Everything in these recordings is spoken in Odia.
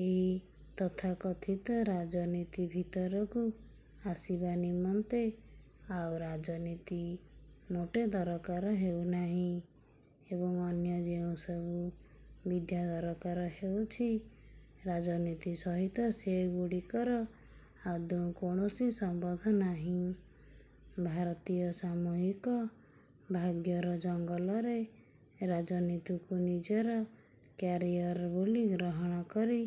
ଏହି ତଥାକଥିତ ରାଜନୀତି ଭିତରକୁ ଆସିବା ନିମନ୍ତେ ଆଉ ରାଜନୀତି ମୋଟେ ଦରକାର ହେଉ ନାହିଁ ଏବଂ ଅନ୍ୟ ଯେଉଁସବୁ ବିଦ୍ୟା ଦରକାର ହେଉଛି, ରାଜନୀତି ସହିତ ସେଗୁଡ଼ିକର ଆଦୌ କୌଣସି ସମ୍ବନ୍ଧ ନାହିଁ। ଭାରତୀୟ ସାମୂହିକ ଭାଗ୍ୟର ଜଙ୍ଗଲରେ ରାଜନୀତିକୁ ନିଜର କ୍ୟାରିୟର ବୋଲି ଗ୍ରହଣ କରି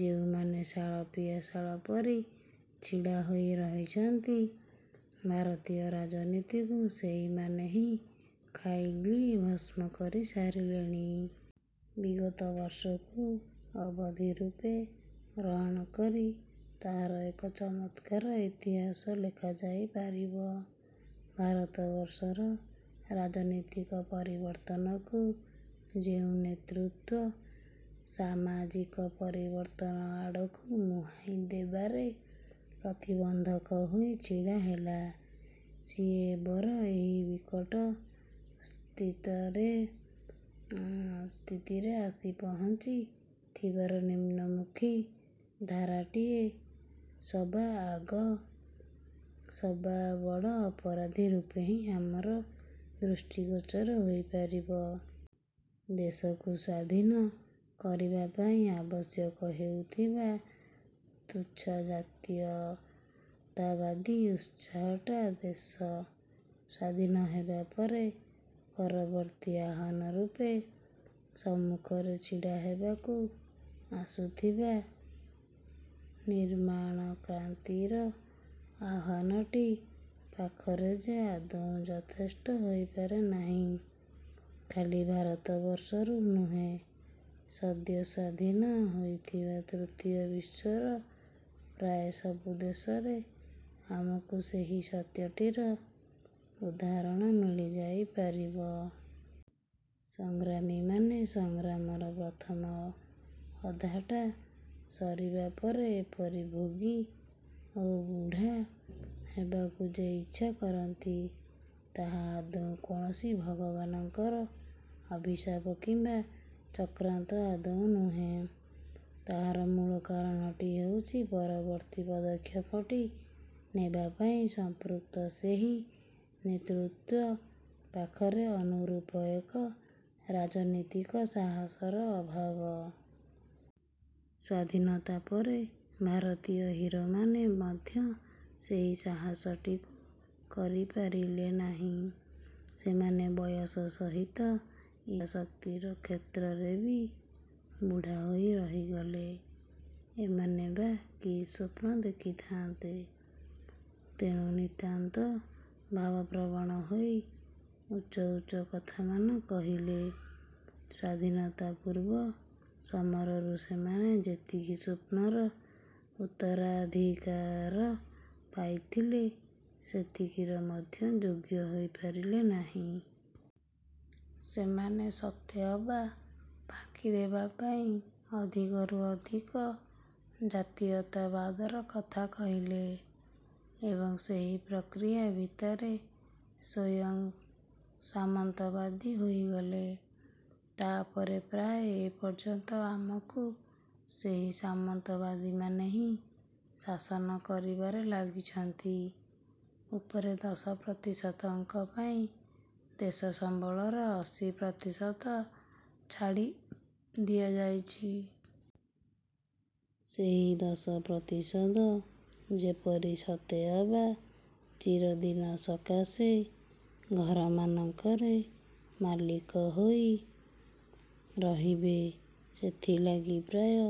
ଯେଉଁମାନେ ଶାଳ, ପିଆଶାଳ ପରି ଛିଡ଼ା ହୋଇ ରହିଛନ୍ତି, ଭାରତୀୟ ରାଜନୀତିକୁ ସେଇମାନେ ହିଁ ଖାଇ ଗିଳି ଭସ୍ମ କରି ସାରିଲେଣି। ବିଗତ ବର୍ଷକୁ ଅବଧି ରୂପେ ଗ୍ରହଣ କରି ତାହାର ଏକ ଚମତ୍କାର ଇତିହାସ ଲେଖାଯାଇ ପାରିବ। ଭାରତବର୍ଷର ରାଜନୀତିକ ପରିବର୍ତ୍ତନକୁ ଯେଉଁ ନେତୃତ୍ଵ ସାମାଜିକ ପରିବର୍ତ୍ତନ ଆଡ଼କୁ ମୁହାଁଇ ଦେବାରେ ପ୍ରତିବନ୍ଧକ ହୋଇ ଛିଡ଼ା ହେଲା, ସିଏ ଏବର ଏହି ବିକଟ ସ୍ଥିତିରେ ଆସି ପହଞ୍ଚି ଥିବାର ନିମ୍ନମୁଖୀ ଧାରାଟିରେ ସବା ଆଗ ସବା ବଡ଼ ଅପରାଧୀ ରୂପେ ହିଁ ଆମର ଦୃଷ୍ଟି ଗୋଚର ହୋଇପାରିବ। ଦେଶକୁ ସ୍ୱାଧୀନ। କରିବା ପାଇଁ ଆବଶ୍ୟକ ହେଉଥିବା ତୁଚ୍ଛା ଜାତୀୟତାବାଦୀ ଉତ୍ସାହଟା ଦେଶ ସ୍ୱାଧୀନ ହେବା ପରେ ପରବର୍ତ୍ତୀ ଆହ୍ୱାନ ରୂପେ ସମ୍ମୁଖରେ ଛିଡ଼ା ହେବାକୁ ଆସୁଥିବା ନିର୍ମାଣକ୍ରାନ୍ତିର ଆହ୍ୱାନଟି ପାଖରେ ଯେ ଆଦୌ ଯଥେଷ୍ଟ ହୋଇପାରେ ନାହିଁ, ଖାଲି ଭାରତବର୍ଷରୁ ନୁହେଁ, ସଦ୍ୟ ସ୍ଵାଧୀନ ହୋଇଥିବା ତୃତୀୟ ବିଶ୍ୱର ପ୍ରାୟ ସବୁ ଦେଶରେ ଆମକୁ ସେହି ସତ୍ୟଟିର ଉଦାହରଣ ମିଳିଯାଇପାରିବ। ସଂଗ୍ରାମୀମାନେ ସଂଗ୍ରାମର ପ୍ରଥମ ଅଧାଟା ସରିବା ପରେ ଏପରି ଭୋଗୀ ଓ ବୁଢ଼ା ହେବାକୁ ଯେ ଇଚ୍ଛା କରନ୍ତି, ତାହା ଆଦୌ କୌଣସି ଭଗବାନଙ୍କର ଅଭିଶାପ କିମ୍ବା ଚକ୍ରାନ୍ତ ଆଦୌ ନୁହେଁ; ତାହାର ମୂଳ କାରଣଟି ହେଉଛି ପରବର୍ତ୍ତୀ ପଦକ୍ଷେପଟି ନେବା ପାଇଁ ସମ୍ପୃକ୍ତ ସେହି ନେତୃତ୍ୱ ପାଖରେ ଅନୁରୂପ ଏକ ରାଜନୀତିକ ସାହସର ଅଭାବ। ସ୍ଵାଧୀନତା ପରେ ଭାରତୀୟ ହୀରୋମାନେ ମଧ୍ୟ ସେହି ସାହସଟିକୁ କରିପାରିଲେ ନାହିଁ। ସେମାନେ ବୟସ ସହିତ ଇଚ୍ଛାଶକ୍ତିର କ୍ଷେତ୍ରରେ ବି ବୁଢ଼ା ହୋଇ ରହିଗଲେ। ଏମାନେ ବା କି ସ୍ୱପ୍ନ ଦେଖିଥାନ୍ତେ, ତେଣୁ ନିତାନ୍ତ ଭାବପ୍ରବଣ ହୋଇ ଉଚ୍ଚ ଉଚ୍ଚ କଥାମାନ କହିଲେ। ସ୍ଵାଧୀନତାପୂର୍ବ ସମରରୁ ସେମାନେ ଯେତିକି ସ୍ୱପ୍ନର ଉତ୍ତରାଧିକାର ପାଇଥିଲେ, ସେତିକିର ମଧ୍ୟ ଯୋଗ୍ୟ ହୋଇପାରିଲେ ନାହିଁ। ସେମାନେ ସତେଅବା ଫାଙ୍କି ଦେବା ପାଇଁ ଅଧିକରୁ ଅଧିକ ଜାତୀୟତାବାଦର କଥା କହିଲେ ଏବଂ ସେହି ପ୍ରକ୍ରିୟା ଭିତରେ ସ୍ୱୟଂ ସାମନ୍ତବାଦୀ ହୋଇଗଲେ। ତାପରେ ପ୍ରାୟ ଏପର୍ଯ୍ୟନ୍ତ ଆମକୁ ସେହି ସାମନ୍ତବାଦୀମାନେ ହିଁ ଶାସନ କରିବାରେ ଲାଗିଛନ୍ତି। ଉପରେ ଦଶ ପ୍ରତିଶତଙ୍କ ପାଇଁ ଦେଶସମ୍ବଳର ଅଶୀ ପ୍ରତିଶତ ଛାଡ଼ି ଦିଆଯାଇଛି। ସେହି ଦଶ ପ୍ରତିଶତ ଯେପରି ସତେଅବା ଚିରଦିନ ସକାଶେ ଘରମାନଙ୍କରେ ମାଲିକ ହୋଇ ରହିବେ, ସେଥିଲାଗି ପ୍ରାୟ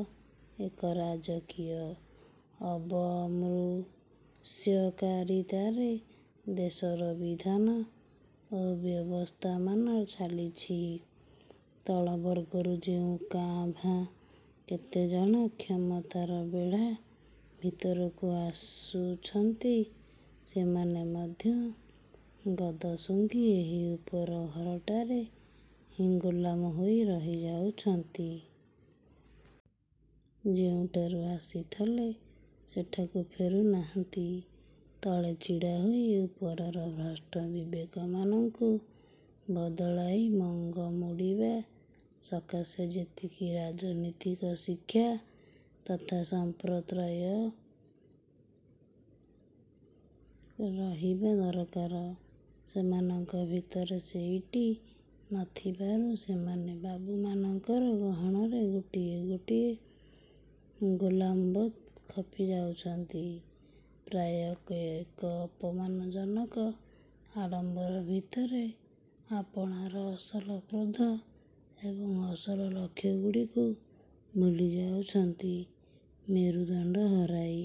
ଏକ ରାଜକୀୟ ଅବମୃଷ୍ୟକାରିତାରେ ଦେଶର ବିଧାନ ଓ ବ୍ୟବସ୍ଥାମାନ ଚାଲିଛି। ତଳବର୍ଗରୁ ଯେଉଁ କାଁ ଭାଁ କେତେଜଣ କ୍ଷମତାର ବେଢ଼ା ଭିତରକୁ ଆସୁଛନ୍ତି, ସେମାନେ ମଧ୍ୟ ଗଦ ଶୁଘିଂ ଏହି ଉପର ଘରଟାରେ ହିଁ ଗୋଲାମ ହୋଇ ରହିଯାଉଛନ୍ତି। ଯେଉଁଠାରୁ ଆସିଥଲେ, ସେଠାକୁ ଫେରୁନାହାନ୍ତି। ତଳେ ଛିଡ଼ାହୋଇ ଉପରର ଭ୍ରଷ୍ଟ ବିବେକମାନଙ୍କୁ ବଦଳାଇ ମଙ୍ଗ ମୋଡ଼ିବା ସକାଶେ ଯେତିକି ରାଜନୀତିକ ଶିକ୍ଷା ତଥା ସଂପ୍ରତ୍ୟୟ ରହିବା ଦରକାର, ସେମାନଙ୍କ ଭିତରେ ସେଇଟି ନଥିବାରୁ ସେମାନେ ବାବୁ ମାନଙ୍କର ଗହଣରେ ଗୋଟିଏ ଗୋଟିଏ ଗୋଲାମବତ୍ ଖପି ଯାଉଛନ୍ତି, ପ୍ରାୟ ଏକ ଅପମାନଜନକ ଆଡ଼ମ୍ବର ଭିତରେ ଆପଣାର ଅସଲ କ୍ରୋଧ ଏବଂ ଅସଲ ଲକ୍ଷ୍ୟଗୁଡ଼ିକୁ ଭୁଲି ଯାଉଛନ୍ତି। ମେରୁଦଣ୍ଡ ହରାଇ